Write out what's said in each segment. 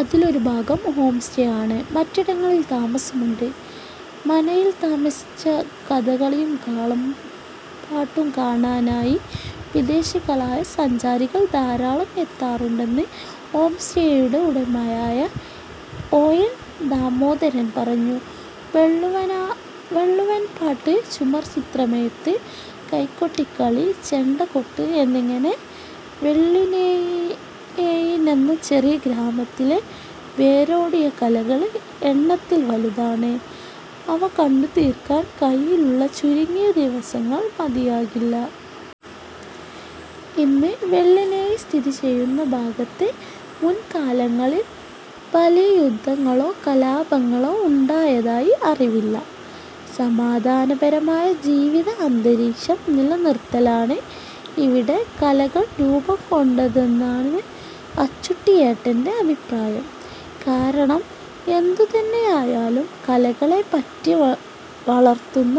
അതില് ഒരു ഭാഗം ഹോംസ്റ്റേ ആണ്. മറ്റിടങ്ങളില് താമസമുണ്ട്. മനയില് താമസിച്ച് കഥകളിയും കളംപാട്ടും കാണാനായി വിദേശികളായ സഞ്ചാരികള് ധാരാളം എത്താറുണ്ടെന്ന് ഹോംസ്റ്റേയുടെ ഉടമയായ ഒ. എന്. ദാമോദരന് പറഞ്ഞു. പുള്ളുവന്പാട്ട്, ചുമർച്ചിത്രമെഴുത്ത്, കൈകൊട്ടിക്കളി, ചെണ്ടകൊട്ട് എന്നിങ്ങനെ വെള്ളിനേഴിയെന്ന ചെറിയ ഗ്രാമത്തില് വേരോടിയ കലകള് എണ്ണത്തില് വലുതാണ്. അവ കണ്ടുതീർക്കാന് കയ്യിലുള്ള ചുരുങ്ങിയ ദിവസങ്ങള് മതിയാകില്ല. ഇന്ന് വെള്ളിനേഴി സ്ഥിതിചെയ്യുന്ന ഭാഗത്ത് മുന്കാലങ്ങളില് വലിയ യുദ്ധങ്ങളോ കലാപങ്ങളോ ഉണ്ടായതായി അറിവില്ല. സമാധാനപരമായ ജീവിതഅന്തരീക്ഷം നിലനിന്നതിനാലാണ് ഇവിടെ കലകള് രൂപംകൊണ്ടതെന്നാണ് അച്ചൂട്ടിയേട്ടന്റെ അഭിപ്രായം. കാരണം എന്തുതന്നെയായാലും കലകളെ പോറ്റിവളർത്തുന്ന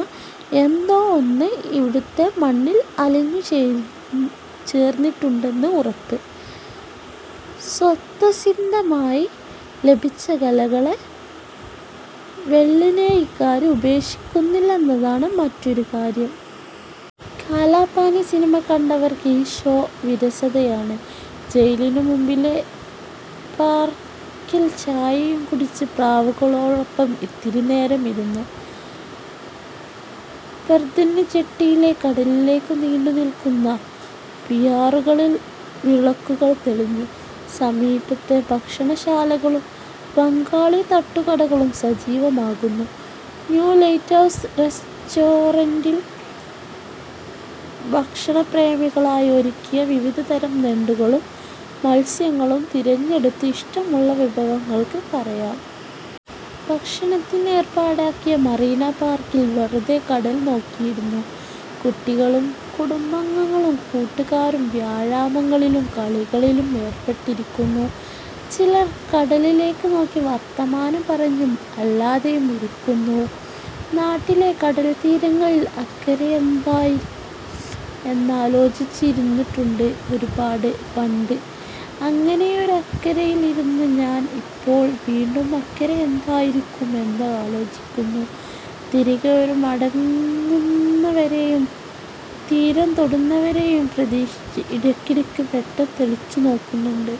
എന്തോ ഒന്ന് ഇവിടുത്തെ മണ്ണില് അലിഞ്ഞുചേര്ന്നിട്ടുണ്ടെന്ന് ഉറപ്പ്. സ്വതസിദ്ധമായി ലഭിച്ച കലകളെ വെളളിനേഴിക്കാര് ഉപേക്ഷിക്കുന്നില്ലെന്നതാണ് മറ്റൊരു കാര്യം. കാലാപാനി സിനിമ കണ്ടവർക്ക് ഈ ഷോ വിരസതയാണ്. ജയിലിനു മുന്നിലെ പാർക്കില് ചായയും കുടിച്ച് പ്രാവുകളോടൊപ്പം ഇത്തിരിനേരം ഇരുന്നു. അബർദിന് ജെട്ടിയിലെ കടലിലേക്ക് നീണ്ടുനില്ക്കുന്ന പിയറുകളില് വിളക്കുകള് തെളിഞ്ഞു. സമീപത്തെ ഭക്ഷണശാലകളും ബംഗാളി തട്ടുകടകളും സജീവമാകുന്നു. 'ന്യൂ ലൈറ്റ്ഹൗസ് റെസ്റ്റോറന്റില്' ഭക്ഷണപ്രേമികള്ക്കായി ഒരുക്കിയ വിവിധതരം ഞണ്ടുകളും മത്സ്യങ്ങളും തിരഞ്ഞെടുത്ത് ഇഷ്ടമുള്ള വിഭവങ്ങളാക്കാന് പറയാം. ഭക്ഷണത്തിന് ഏർപ്പാടാക്കി മറീന പാർക്കില് വെറുതെ കടല് നോക്കിയിരുന്നു. കുട്ടികളും കുടുംബങ്ങളും കൂട്ടുകാരും വ്യായാമങ്ങളിലും കളികളിലും ഏർപ്പെട്ടിരിക്കുന്നു. ചിലർ കടലിലേക്ക് നോക്കി വര്ത്തമാനം പറഞ്ഞും അല്ലാതെയും ഇരിക്കുന്നു. നാട്ടിലെ കടല്ത്തീരങ്ങളില് അക്കരെയെന്തായിരിക്കും എന്നാലോചിച്ച് ഇരുന്നിട്ടുണ്ട് ഒരുപാട് പണ്ട്. അങ്ങനെയൊരു അക്കരെയില് ഇരുന്നു ഞാന് ഇപ്പോള് വീണ്ടും അക്കരെ എന്തായിരിക്കും എന്നാലോചിക്കുന്നു. തിരികെ മടങ്ങുന്നവരെയും തീരം തേടുന്നവരെയും പ്രതീക്ഷിച്ച്, ഇടയ്ക്കിടെ വെട്ടം തെളിച്ചുനോക്കുന്നുണ്ട്